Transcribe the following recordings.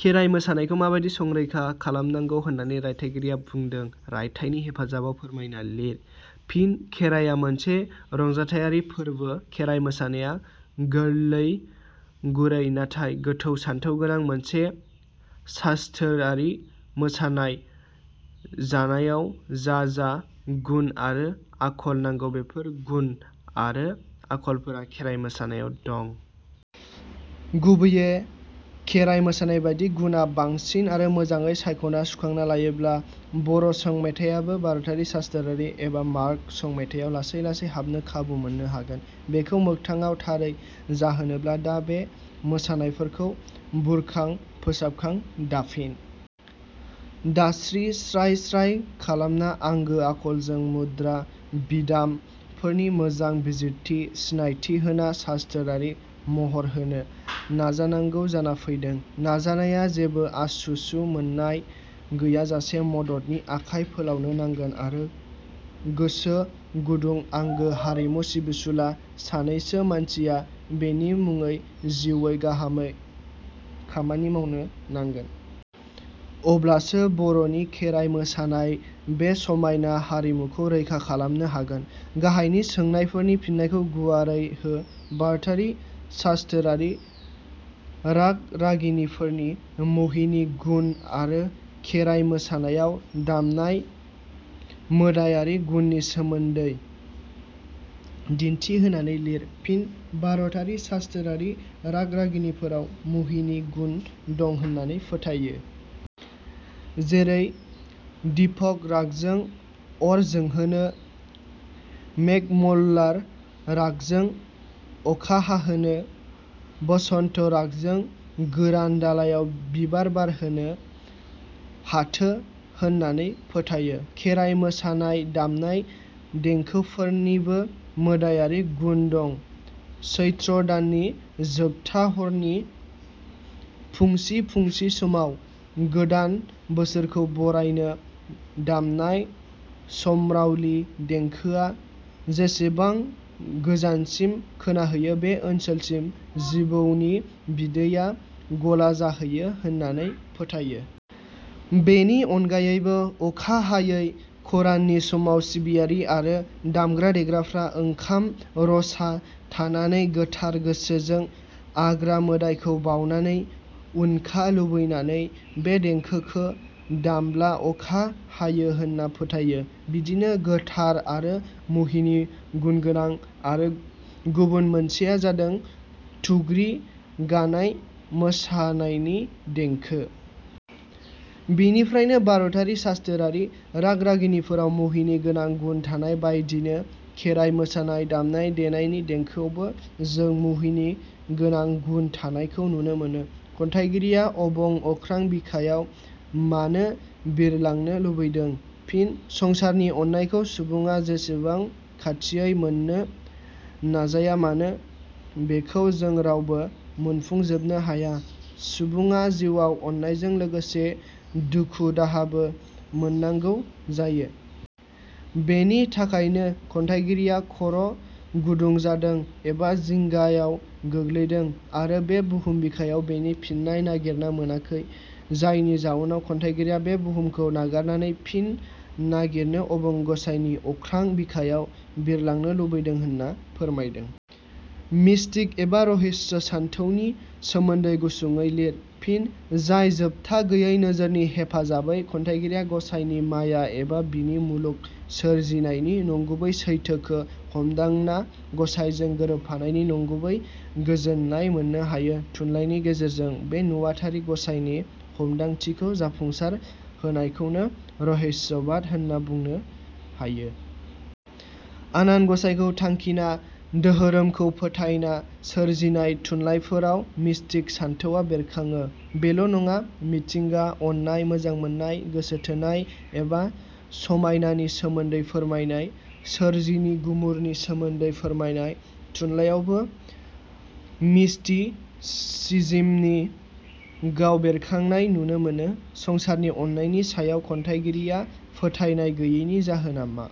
खेराय मोसानायखौ माबादि संरैखा खालामनांगौ होननानै रायथाइगिरिया बुंदों रायथाइनि हेफाजाबाव फोरमायना लिर। फिन: खेराया मोनसे रंजाथायारि फोरबो खेराइ मोसानाया गोरलै, गुरै नाथाय गोथौ सानथौ गोनां मोनसे सास्थोरारि मोसानाय जानायाव जा जा गुण आरो आखल नांगौ बेफोर गुण आरो आखलफोरा खेराइ मोसानायाव दं। गुबैये खेराइ मोसानायबादि गुणा बांसिन आरो मोजाङै सायखना सुखांना लायोब्ला बर' संमेथायाबो भारतारि सास्थोरारि एबा मार्ग संमेथायाव लासै लासै हाबनो खाबु मोननो हागोन। बेखौ मोगथाङाव थारै जाहोनोब्ला दा बे मोसानायफोरखौ बुरखां फोसाबखां, दाफिन दासि स्राय स्राय खालामना आंगो आखलजों मुद्रा, बिदाम फोरनि मोजां बिजिरथि, सिनायथि होना सास्थोरारि महर होनो नाजानांगौ जाना फैदों नाजानाया जेबो आसु-सु मोननाय गैयाजायै मददनि आखाइ फोलावनो नांगोन आरो गोसो गुदं आंगो हारिमु सिबिसुला सानैसो मानसिया बेनि मुङै जिउवै- माहामै खामानि मावनो नांगोन। अब्लासो बर'नि खेराइ मोसानाय बे समायना हारिमुखो रैखा खालामनो हागोन।. गाहायनि सोंनायफोरनि फिननायखौ गुवारै हो भारतारि सास्थोरारि राग-रागिनिफोरनि मुहिनि गुन आरो खेराय मोसानायाव दामनाय मोदायारि गुननि सोमोन्दै दिन्थि होनानै लिर। फिन: भारतारि सास्थोरारि राग-रागिनिफोराव मुहिनि गुन दं होननानै फोथायो। जेरै दीपक रागजों अर जोंहोनो, मेघमल्लार रागजों अखा हाहोनो, बसन्त रागजों गोरान दालायाव बिबार बारहोनो हाथो होननानै फोथायो। खेराइ मोसानाय दामनाय देंखोफोरनिबो मोदायारि गुन दं सैत्र दाननि जोबथा हरनि फुंसि फुंसि समाव गोदान बोसोरखौ बरायनो दामनाय सम्रावलि देंखोआ जेसेबां गोजानसिम खोनाहैयो बे ओनसोलसिम जिबौनि बिदैया गला जाहैयो होननानै फोथायो। बेनि अनगायैबो अखा हायै खराननि समाव सिबियारि आरो दामग्रा देग्राफोरा ओंखाम रसा थानानै गोथार गोसोजों आग्रा मोदायखौ बावनानै उनखा लुबैनानै बे देंखोखो दामब्ला अखा हायो होनना फोथायो। बिदिनो गोथार आरो मुहिनि गुनगोनां आरो गुबुन मोनसेया जादों थुग्रि गानाय मोसानायनि देंखो। बेनिफ्रायनो भारतारि सास्थोरारि राग-रागिनि फोराव मुहिनि गोनां गुन थानाय बादिनो खेराइ मोसानाय दामनाय देनायनि देंखोआवबो जों मुहिनि गोनां गुण थानायखौ नुनो मोनो। खन्थाइगिरिया अबं अख्रां बिखायाव मानो बिरलांनो लुबैदों? फिनः संसारनि अननायखौ सुबुङा जेसेबां खाथियै मोननो नाजायामानो बेखौ जों रावबो मोनफुंजोबनो हाया सुबुङा जिउवाव अननायजों लोगोसे दुखु दाहाबो मोननांगौ जायो। बेनि थाखायनो खन्थाइगिरिया खर' गुदुं जादों एबा जिंगायाव गोग्लैदों आरो बे बहुम बिखायाव बेनि फिननाय नागिरना मोनाखै। जायनि जाउनाव खन्थाइगिरिया बे बहुमखौ नागारनानै फिन नागिरनो अबं गसाइनि अख्रां बिखायाव बिरलांनो लुबैदों होनना फोरमायदों। मिष्टिक एबा रहस्य सान्थौनि सोमोन्दै सुंदयै लिर। फिनः जाय जोबथा गैयै नोजोरनि हेफाजाबै खन्थाइगिरिया गसाइनि माया एबा बिनि मुलुग सोरजिनायनि नंगुबै सैथोखो हममोन्दांना गसाइजों गोरोबफानायनि नंगुबै गोजोननाय मोननो हायो, थुनलाइनि गेजेरजों बे नुवाथारि गसाइनि हममोन्दांथिखौ जाफुंसार होनायखौनो रहस्यबाद होनना बुंनो हायो। आनान गसाइखौ थांखिना, दोहोरोमखौ फोथायना सोरजिनाय थुनलाइफोरावल' मिष्टिक सानथौवा बेरखाङो, बेल' नङा मिथिंगा, अननाय, मोजां मोननाय, गोसो थोनाय एबा समायनानि सोमोन्दै फोरमायनाय, सोरजिनि गुमुरनि सोमोन्दै फोरमायनाय थुनलाइयावबो मिष्टिसिजिमनि गाव बेरखांनाय नुनो मोनो। संसारनि अनायनि सायाव खन्थाइगिरिया फोथायनाय गैयैनि जाहोना मा?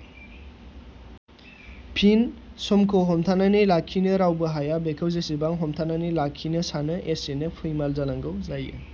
फिनः समखौ हमथानानै लाखिनो रावबो हाया। बेखौ जेसेबां हमथानानै लाखिनो सानो एसेनो फैमाल जानांगौ जायो।